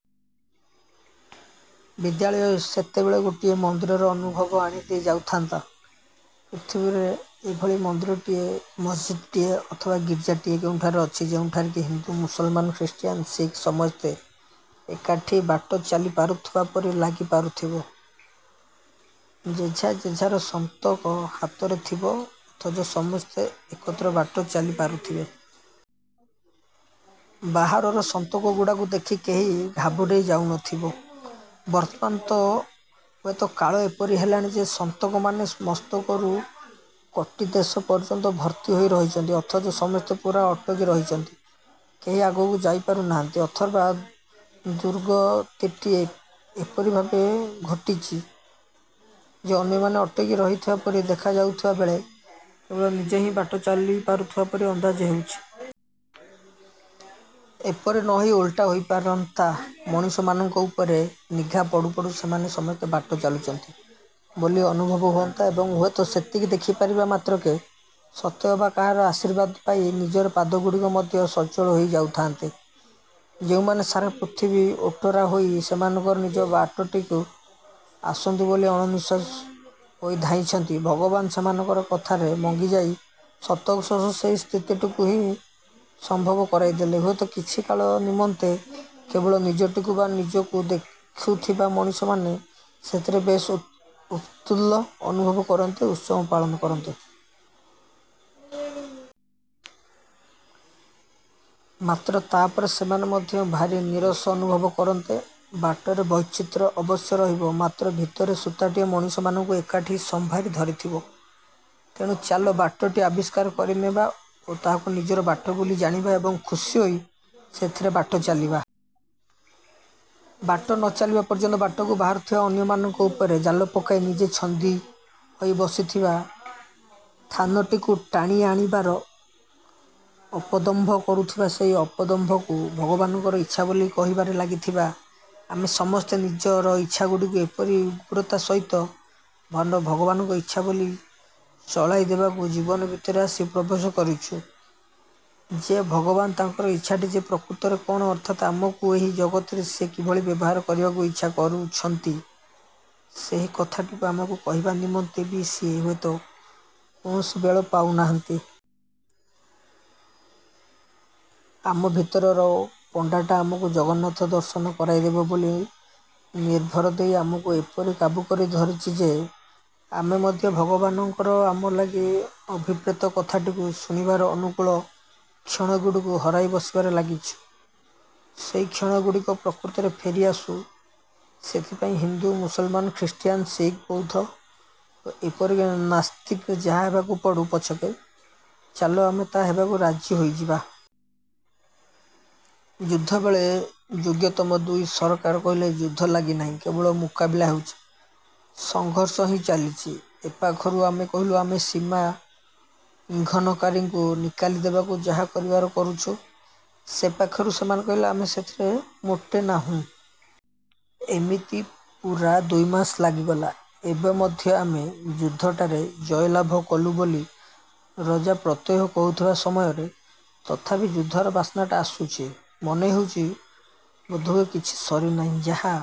ବିଦ୍ୟାଳୟ ସେତେବେଳେ ଗୋଟିଏ ମନ୍ଦିରର ଅନୁଭବ ଆଣିଦେଇ ଯାଉଥାନ୍ତା। ପୃଥିବୀରେ ଏଭଳି ମନ୍ଦିରଟିଏ, ମସଜିଦ୍ଟିଏ ଅଥବା ଗୀର୍ଜାଟିଏ କେଉଁଠାରେ ଅଛି, ଯେଉଁଠାରେ କି ହିନ୍ଦୁ, ମୁସଲମାନ, ଖ୍ରୀଷ୍ଟିଆନ, ଶିଖ ସମସ୍ତେ ଏକାଠି ବାଟ ଚାଲି ପାରୁଥିବା ପରି ଲାଗି ପାରୁଥିବ? ଯେଝା ଯେଝାର ସନ୍ତକ ହାତରେ ଥିବ ଅଥଚ ସମସ୍ତେ ଏକତ୍ର ବାଟ ଚାଲି ପାରୁଥିବେ? ବାହାରର ସନ୍ତକଗୁଡ଼ାକୁ ଦେଖି କେହି ଘାବରେଇ ଯାଉନଥିବ। ବର୍ତ୍ତମାନ ତ ହୁଏତ କାଳେ ଏପରି ହେଲାଣି ଯେ ସନ୍ତକମାନେ ମସ୍ତକରୁ କଟିଦେଶ ପର୍ଯ୍ୟନ୍ତ ଭର୍ତ୍ତି ହୋଇ ରହିଛନ୍ତି ଅଥଚ ସମସ୍ତେ ପୂରା ଅଟକି ରହିଛନ୍ତି, କେହି ଆଗକୁ ଯାଇପାରୁ ନାହାନ୍ତି। ଅଥବା ଦୁର୍ଗତିଟି ଏପରି ଭାବେ ଘୋଟିଛି ଯେ ଅନ୍ୟମାନେ ଅଟକି ରହିଥିବା ପରି ଦେଖାଯାଉଥିବା ବେଳେ କେବଳ ନିଜେ ହିଁ ବାଟ ଚାଲୁଥିବା ପରି ଅନ୍ଦାଜ ହେଉଛି। ଏପରି ନ ହୋଇ ଓଲଟା ହୋଇପାରନ୍ତା, ମଣିଷମାନଙ୍କ ଉପରେ ନିଘା ପଡୁ ପଡୁ ସେମାନେ ସମସ୍ତେ ବାଟ ଚାଲୁଛନ୍ତି ବୋଲି ଅନୁଭବ ହୁଅନ୍ତା ଏବଂ ହୁଏତ ସେତିକି ଦେଖିପାରିବା ମାତ୍ରକେ ସତେଅବା କାହାର ଆଶୀର୍ବାଦ ପାଇ ନିଜର ପାଦଗୁଡ଼ିକ ମଧ୍ୟ ସଚଳ ହୋଇ ଯାଉଥାଆନ୍ତେ। ଯେଉଁମାନେ ସାରା ପୃଥିବୀ ଓଟରା ହୋଇ ସେମାନଙ୍କର ନିଜ ବାଟଟିକୁ ଆସନ୍ତୁ ବୋଲି ଅଣନିଃଶ୍ୱାସୀ ହୋଇ ଧାଇଁଛନ୍ତି, ଭଗବାନ ସେମାନଙ୍କର କଥାରେ ମଙ୍ଗିଯାଇ ସତକୁ ସତ ସେହି ସ୍ଥିତିଟିକୁ ହିଁ ସମ୍ଭବ କରାଇଦେଲେ ହୁଏତ କିଛିକାଳ ନିମନ୍ତେ କେବଳ ନିଜଟିକୁ ବା ନିଜକୁ ଦେଖୁଥିବା ମଣିଷମାନେ ସେଥିରେ ବେଶ୍ ଉତ୍ଫୁଲ୍ଲ ଅନୁଭବ କରନ୍ତେ, ଉତ୍ସବ ପାଳନ କରନ୍ତେ। ମାତ୍ର ତାପରେ ସେମାନେ ମଧ୍ୟ ଭାରି ନୀରସ ଅନୁଭବ କରନ୍ତେ। ବାଟରେ ବୈଚିତ୍ର୍ୟ ଅବଶ୍ୟ ରହିବ, ମାତ୍ର ଭିତରେ ସୂତାଟିଏ ମଣିଷମାନଙ୍କୁ ଏକାଠି ସମ୍ଭାରି ଧରିଥିବ। ତେଣୁ ଚାଲ ବାଟଟିଏ ଆବିଷ୍କାର କରିନେବା ଓ ତାହାକୁ ନିଜର ବାଟ ବୋଲି ଜାଣିବା ଏବଂ ଖୁସି ହୋଇ ସେଥିରେ ବାଟ ଚାଲିବା। ବାଟ ନ ଚାଲିବା ପର୍ଯ୍ୟନ୍ତ ବାଟକୁ ବାରୁଥିବା, ଅନ୍ୟମାନଙ୍କ ଉପରେ ଜାଲ ପକାଇ ନିଜେ ଛନ୍ଦିହୋଇ ବସିଥିବା ଥାନଟିକୁ ଟାଣି ଆଣିବାର ଅପଦମ୍ଭ କରୁଥିବା। ସେହି ଅପଦମ୍ଭକୁ ଭଗବାନଙ୍କର ଇଚ୍ଛା ବୋଲି କହିବାରେ ଲାଗିଥିବା। ଆମେ ସମସ୍ତେ ନିଜର ଇଚ୍ଛାଗୁଡ଼ିକୁ ଏପରି ଉଗ୍ରତା ସହିତ ଭଗବାନଙ୍କ ଇଚ୍ଛା ବୋଲି ଚଳାଇ ଦେବାକୁ ଜୀବନ ଭିତରେ ଆସି ପ୍ରବେଶ କରିଛୁ ଯେ ଭଗବାନ ତାଙ୍କର ଇଚ୍ଛାଟି ଯେ ପ୍ରକୃତରେ କଣ ଅର୍ଥାତ୍ ଆମକୁ ଏହି ଜଗତରେ ସିଏ କିଭଳି ବ୍ୟବହାର କରିବାକୁ ଇଚ୍ଛା କରୁଛନ୍ତି ସେହି କଥାଟିକୁ ଆମକୁ କହିବା ନିମନ୍ତେ ବି ସିଏ ହୁଏତ କୌଣସି ବେଳ ପାଉନାହାନ୍ତି। ଆମ ଭିତରର ପଣ୍ଡାଟା ଆମକୁ ଜଗନ୍ନାଥ-ଦର୍ଶନ କରାଇଦେବ ବୋଲି ନିର୍ଭର ଦେଇ ଆମକୁ ଏପରି କାବୁକରି ଧରିଛି ଯେ, ଆମେ ମଧ୍ୟ ଭଗବାନଙ୍କର ଆମ ଲାଗି ଅଭିପ୍ରେତ କଥାଟିକୁ ଶୁଣିବାର ଅନୁକୂଳ କ୍ଷଣଗୁଡ଼ିକୁ ହରାଇ ବସିବାରେ ଲାଗିଛୁ। ସେହି କ୍ଷଣଗୁଡ଼ିକ ପ୍ରକୃତରେ ଫେରିଆସୁ। ସେଥିପାଇଁ ହିନ୍ଦୁ, ମୁସଲମାନ, ଖ୍ରୀଷ୍ଟିଆନ, ଶିଖ, ବୌଦ୍ଧ ଓ ଏପରିକି ନାସ୍ତିକ ଯାହା ହେବାକୁ ପଡ଼ୁ ପଛକେ, ଚାଲ ଆମେ ତାହା ହେବାକୁ ରାଜି ହୋଇଯିବା। ଯୁଦ୍ଧବେଳେ ଯୋଗ୍ୟତମ ଦୁଇ ସରକାର କହିଲେ ଯୁଦ୍ଧ ଲାଗି ନାହିଁ, କେବଳ ମୁକାବିଲା ହେଉଛି, ସଂଘର୍ଷ ହିଁ ଚାଲିଛି ଏପାଖରୁ ଆମେ କହିଲୁ ଆମେ ସୀମା ଇଂଘନକାରୀଙ୍କୁ ନିକାଲି ଦେବାକୁ ଯାହା କରିବାର କରୁଛୁ, ସେ ପାଖରୁ ସେମାନେ କହିଲେ, ଆମେ ସେଥିରେ ମୋଟେ ନାହୁଁ। ଏମିତି ପୂରା ଦୁଇମାସ ଲାଗିଗଲା। ଏବେ ମଧ୍ୟ ଆମେ ଯୁଦ୍ଧଟାରେ ଜୟଲାଭ କଲୁ ବୋଲି ରଜା ପ୍ରତ୍ୟହ କହୁଥିବା ସମୟରେ ତଥାପି ଯୁଦ୍ଧର ବାସନାଟା ଆସୁଛି। ମନେହେଉଛି, ବୋଧହୁଏ କିଛି ସରିନାହିଁ। ଯାହା